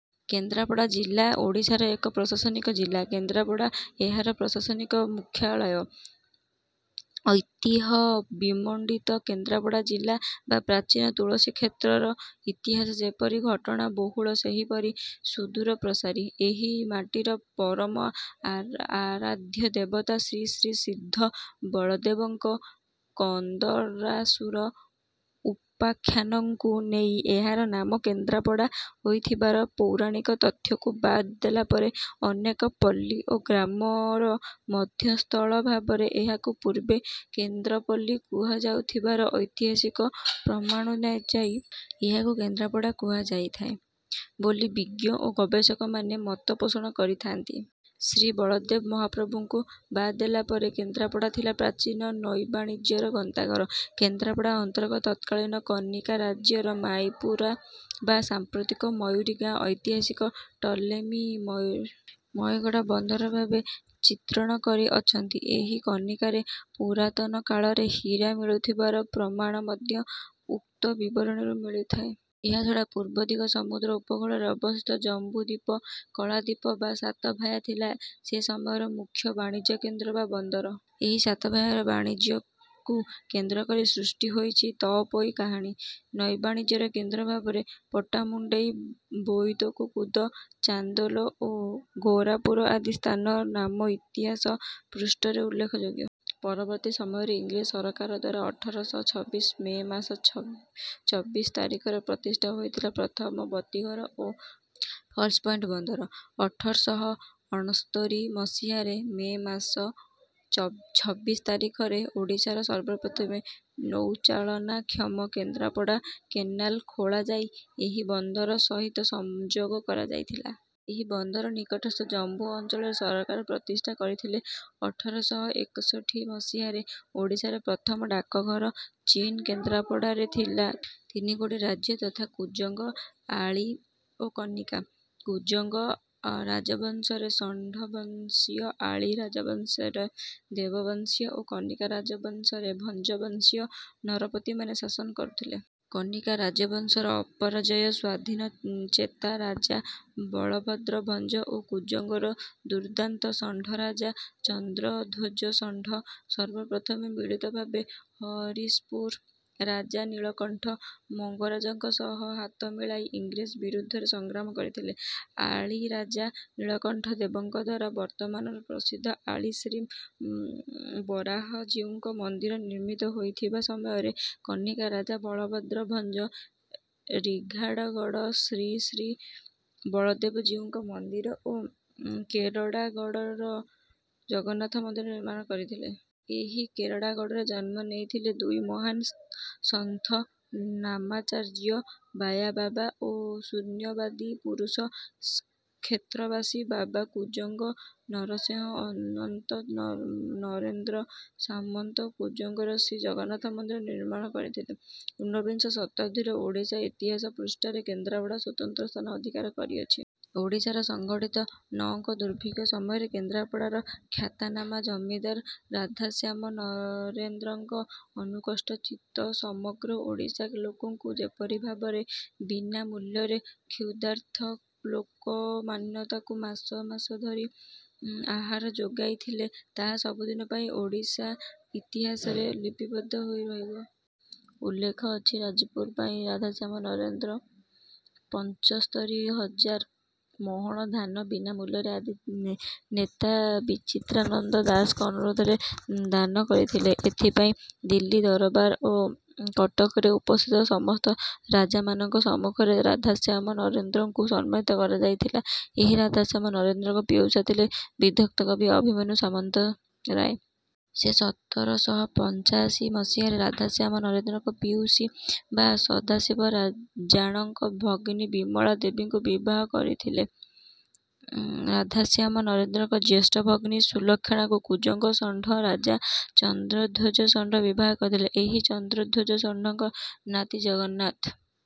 କେନ୍ଦ୍ରାପଡ଼ା ଜିଲ୍ଲା ଓଡ଼ିଶାର ଏକ ପ୍ରଶାସନିକ ଜିଲ୍ଲା। କେନ୍ଦ୍ରାପଡ଼ା ଏହାର ପ୍ରଶାସନିକ ମୁଖ୍ୟାଳୟ। ଐତିହ୍ୟ ବିମଣ୍ଡିତ କେନ୍ଦ୍ରାପଡ଼ା ଜିଲ୍ଲା ବା ପ୍ରାଚୀନ ତୁଳସୀକ୍ଷେତ୍ରର ଇତିହାସ ଯେପରି ଘଟଣାବହୁଳ ସେହିପରି ସୁଦୂରପ୍ରସାରୀ। ଏହି ମାଟିର ପରମ ଆରାଧ୍ୟ ଦେବତା ଶ୍ରୀ ଶ୍ରୀ ସିଦ୍ଧ ବଳଦେବଙ୍କ କନ୍ଦରାସୁର ଉପାଖ୍ୟାନଙ୍କୁ ନେଇ ଏହାର ନାମ କେନ୍ଦ୍ରାପଡ଼ା ହୋଇଥିବାର ପୌରାଣିକ ତଥ୍ୟକୁ ବାଦ ଦେଲାପରେ ଅନେକ ପଲ୍ଲୀ ବା ଗ୍ରାମର ମଧ୍ୟସ୍ଥଳ ଭାବରେ ଏହାକୁ ପୂର୍ବେ କେନ୍ଦ୍ରପଲ୍ଲୀ କୁହାଯାଉଥିବାର ଐତିହାସିକ ପ୍ରମାଣନୁଯାୟୀ ଏହାକୁ କେନ୍ଦ୍ରାପଡ଼ା କୁହାଯାଇଥାଏ ବୋଲି ବିଜ୍ଞ ଓ ଗବେଷକ ମାନେ ମତ ପୋଷଣ କରିଥାଆନ୍ତି। ଶ୍ରୀ ବଳଦେବ ମହାପ୍ରଭୁଙ୍କୁ ବାଦ ଦେଲାପରେ କେନ୍ଦ୍ରାପଡ଼ା ଥିଲା ପ୍ରାଚୀନ ନୌବାଣିଜ୍ୟର ଗନ୍ତାଘର। କେନ୍ଦ୍ରାପଡ଼ା ଅନ୍ତର୍ଗତ ତତ୍କାଳୀନ କନିକା ରାଜ୍ୟର ମାଈପୁର ବା ସାଂପ୍ରତିକ ମୟୁରୀ ଗାଁକୁ ଐତିହାସିକ ଟଲେମୀ ମୟୀଡ଼େରା ବନ୍ଦର ଭାବରେ ଚିତ୍ରଣ କରି ଅଛନ୍ତି। ଏହି କନିକାରେ ପୁରାତନକାଳରେ ହୀରା ମିଳୁଥିବାର ପ୍ରମାଣ ମଧ୍ୟ ଉକ୍ତ ବିବରଣୀରୁ ମିଳିଥାଏ। ଏହାଛଡା ପୂର୍ବଦିଗ ସମୁଦ୍ର ଉପକୂଳରେ ଅବସ୍ଥିତ ଜମ୍ବୁ ଦୀପ କଳଦୀପ ବା ସାତଭାୟା ଥିଲା ସେ ସମୟର ମୁଖ୍ୟ ବାଣିଜ୍ୟକେନ୍ଦ୍ର ବା ବନ୍ଦର। ଏହି ସାତଭାୟାର ବାଣିଜ୍ୟକୁ କେନ୍ଦ୍ର କରି ସୃଷ୍ଟି ହୋଇଛି ତଅପୋଇ କାହାଣୀ। ନୌବାଣିଜ୍ୟର କେନ୍ଦ୍ର ଭାବରେ ପଟ୍ଟାମୁଣ୍ଡାଇ ବୋଇତରକୁଦ ଚାନ୍ଦୋଳ ଓ ଗରାପୁର ଆଦି ସ୍ଥାନର ନାମ ଇତିହାସ ପୃଷ୍ଠାରେ ଉଲ୍ଲେଖଯୋଗ୍ୟ। ପରବର୍ତୀ ସମୟରେ ଇଂରେଜ ସରକାରଦ୍ୱାରା ଅଠର ଶହ ଛବିଶ ମେ ମାସ ଚବିଶ ତାରିଖରେ ପ୍ରତିଷ୍ଠା ହୋଇଥିଲା ପ୍ରଥମ ବତୀଘର ଓ ଫଲ୍ସ ପଏଣ୍ଟ ବନ୍ଦର। ଅଠର ଶହ ଅଣସ୍ତରି ମସିହା ମେ ଛବିଶ ତାରିଖରେ ଓଡ଼ିଶାର ସର୍ବପ୍ରଥମ ନୌଚାଳନାକ୍ଷମ କେନ୍ଦ୍ରାପଡ଼ା କେନାଲ ଖୋଲାଯାଇ ଏହି ବନ୍ଦର ସହିତ ସଂଯୋଗ କରଯାଇଥିଲା। ଏହି ବନ୍ଦର ନିକଟସ୍ଥ ଜମ୍ବୁ ଅଞ୍ଚଳରେ ସରକାର ପ୍ରତିଷ୍ଠା କରିଥିଲେ ଅଠର ଶହ ଏକଷଠି ମସିହାରେ ଓଡ଼ିଶାରେ ପ୍ରଥମ ଡାକଘର। ପ୍ରାଚୀନ କେନ୍ଦ୍ରପଡ଼ାରେ ଥିଲା ତିନିଗୋଟି ରାଜ୍ୟ ଯଥା କୁଜଙ୍ଗ ଆଳି ଓ କନିକା। କୁଜଙ୍ଗ ରାଜବଂଶରେ ଷଣ୍ଢବଂଶୀୟଆଳି ରାଜବଂଶରେ ଦେବବଂଶୀୟ ଓ କନିକା ରାଜବଂଶରେ ଭଞ୍ଜ ବଂଶୀୟ ନରପତିମାନେ ଶାସନ କରୁଥିଲେ। କନିକା ରାଜବଂଶର ଅପରାଜୟ ସ୍ୱାଧୀନଚେତା ରାଜା ବଳଭଦ୍ରଭଞ୍ଜ ଓ କୁଜଙ୍ଗର ଦୁର୍ଦାନ୍ତ ଷଣ୍ଢ ରାଜା ଚନ୍ଦ୍ରଧ୍ୱଜଷଣ୍ଢ ସର୍ବପ୍ରଥମେ ମିଳିତ ଭାବେ ହରିଶପୁର ରାଜା ନୀଳକଣ୍ଠ ମଙ୍ଗରାଜଙ୍କ ସହ ହାତ ମିଳେଇ ଇଂରେଜ ବିରୁଦ୍ଧରେ ସଂଗ୍ରାମ କରିଥିଲେ। ଆଳି ରାଜା ନୀଳକଣ୍ଠ ଦେବଙ୍କଦ୍ୱାରା ବର୍ତମାନର ପ୍ରସିଦ୍ଧ ଆଳି ଶ୍ରୀ ଶ୍ରୀ ବରାହଜିଉଙ୍କ ମନ୍ଦିର ନିର୍ମିତ ହୋଇଥିବା ସମୟରେ କନିକା ରାଜା ବଳଭଦ୍ରଭଞ୍ଜ ରିଘାଗଡର ଶ୍ରୀ ଶ୍ରୀ ବଳଦେବଜୀଉଙ୍କ ମନ୍ଦିର ଓ କେରଡାଗଡର ଜଗନ୍ନାଥ ମନ୍ଦିର ନିର୍ମାଣ କରିଥିଲେ। ଏହି କେରଡାଗଡରେ ଜନ୍ମ ନେଇଥିଲେ ଦୁଇ ମହାନ ସନ୍ଥ ନାମାଚାର୍ଯା ବାୟାବାବା ଓ ଶୂନ୍ୟବାଦୀ ପୁରୁଷ କ୍ଷେତ୍ରବାସୀ ବାବା କୁଜଙ୍ଗ ନରେଶ ଅନନ୍ତ ନରେନ୍ଦ୍ର ସାମନ୍ତ କୁଜଙ୍ଗର ଶ୍ରୀ ଜଗନ୍ନାଥ ମନ୍ଦିର ନିର୍ମାଣ କରିଥିଲେ। ଉନ୍ନବିଂଶ ଶତାବ୍ଦୀର ଓଡ଼ିଶା ଇତିହାସ ପୃଷ୍ଠାରେ କେନ୍ଦ୍ରାପଡ଼ା ସ୍ୱତନ୍ତ୍ର ସ୍ଥାନ ଅଧିକାର କରିଅଛି। ଓଡ଼ିଶାରେ ସଂଗଠିତ ନଅଙ୍କ ଦୁର୍ଭିକ୍ଷ ସମୟରେ କେନ୍ଦ୍ରାପଡ଼ାର ଖ୍ୟାତନାମା ଜମିଦାର ରାଧାଶ୍ୟାମ ନରେନ୍ଦ୍ରଙ୍କ ଅକୁଣ୍ଠ ଚିତ୍ତ ସମଗ୍ର ଓଡ଼ିଶା ଲୋକଙ୍କୁ ଯେପରି ଭାବରେ ବୀନା ମୂଲ୍ୟରେ କ୍ଷ୍ଯୁଦାର୍ତ ଲୋକମାନଙ୍କୁ ମାସ ମାସ ଧରି ଆହାର ଯୋଗେଇ ଥିଲେ ତାହା ସବୁଦିନ ପାଇଁ ଓଡ଼ିଶା ଇତିହାସରେ ଲିପିବଦ୍ଧ ହୋଇ ରହିବ। ଉଲ୍ଲେଖ ଅଛି ଯାଜପୁର ପାଇଁ ରାଧାଶ୍ୟାମ ନରେନ୍ଦ୍ର ପଞ୍ଚସ୍ତରୀ ହଜାର ମହଣ ଧାନ ବୀନା ମୂଲ୍ୟରେ ଆଦି ନେତା ବିଚିତ୍ରାନନ୍ଦ ଦାସଙ୍କ ଅନୁରୋଧରେ ଦାନ କରିଥିଲେ। ଏଥିପାଇଁ ଦିଲ୍ଲୀ ଦରବାର ଓ କଟକରେ ଉପସ୍ଥିତ ସମସ୍ତ ରାଜାମାନଙ୍କ ସମ୍ମୁଖରେ ରାଧାଶ୍ୟାମ ନରେନ୍ଦ୍ରଙ୍କୁ ସମ୍ମାନିତ କରଯାଇଥିଲା। ଏହି ରାଧାଶ୍ୟାମ ନରେନ୍ଦ୍ରଙ୍କ ପିଉସା ଥିଲେ ବିଦଗ୍ଧ କବି ଅଭିମନ୍ୟୁ ସାମନ୍ତରାୟ। ସେ ସତର ଶହ ପଞ୍ଚାଶି ମସିହାରେ ରାଧାଶ୍ୟାମ ନରେନ୍ଦ୍ରଙ୍କ ପିଉସୀ ବା ସଦାଶିବ ଜାଣ ଙ୍କ ଭଗ୍ନୀ ବିମଳା ଦେବୀଙ୍କୁ ବିବାହ କରିଥିଲେ। ରାଧାଶ୍ୟାମ ନରେନ୍ଦ୍ରଙ୍କ ଜ୍ୟଷ୍ଠା ଭଗ୍ନୀ ସୁଲକ୍ଷଣାଙ୍କୁ କୁଜଙ୍ଗ ଷଣ୍ଢ ରାଜା ଚନ୍ଦ୍ରଧ୍ୱଜ ଷଣ୍ଢ ବିବାହ କରିଥିଲେ। ଏହି ଚନ୍ଦ୍ରଧ୍ୱଜ ଷଣ୍ଢଙ୍କର ନାତି ଜଗନ୍ନାଥ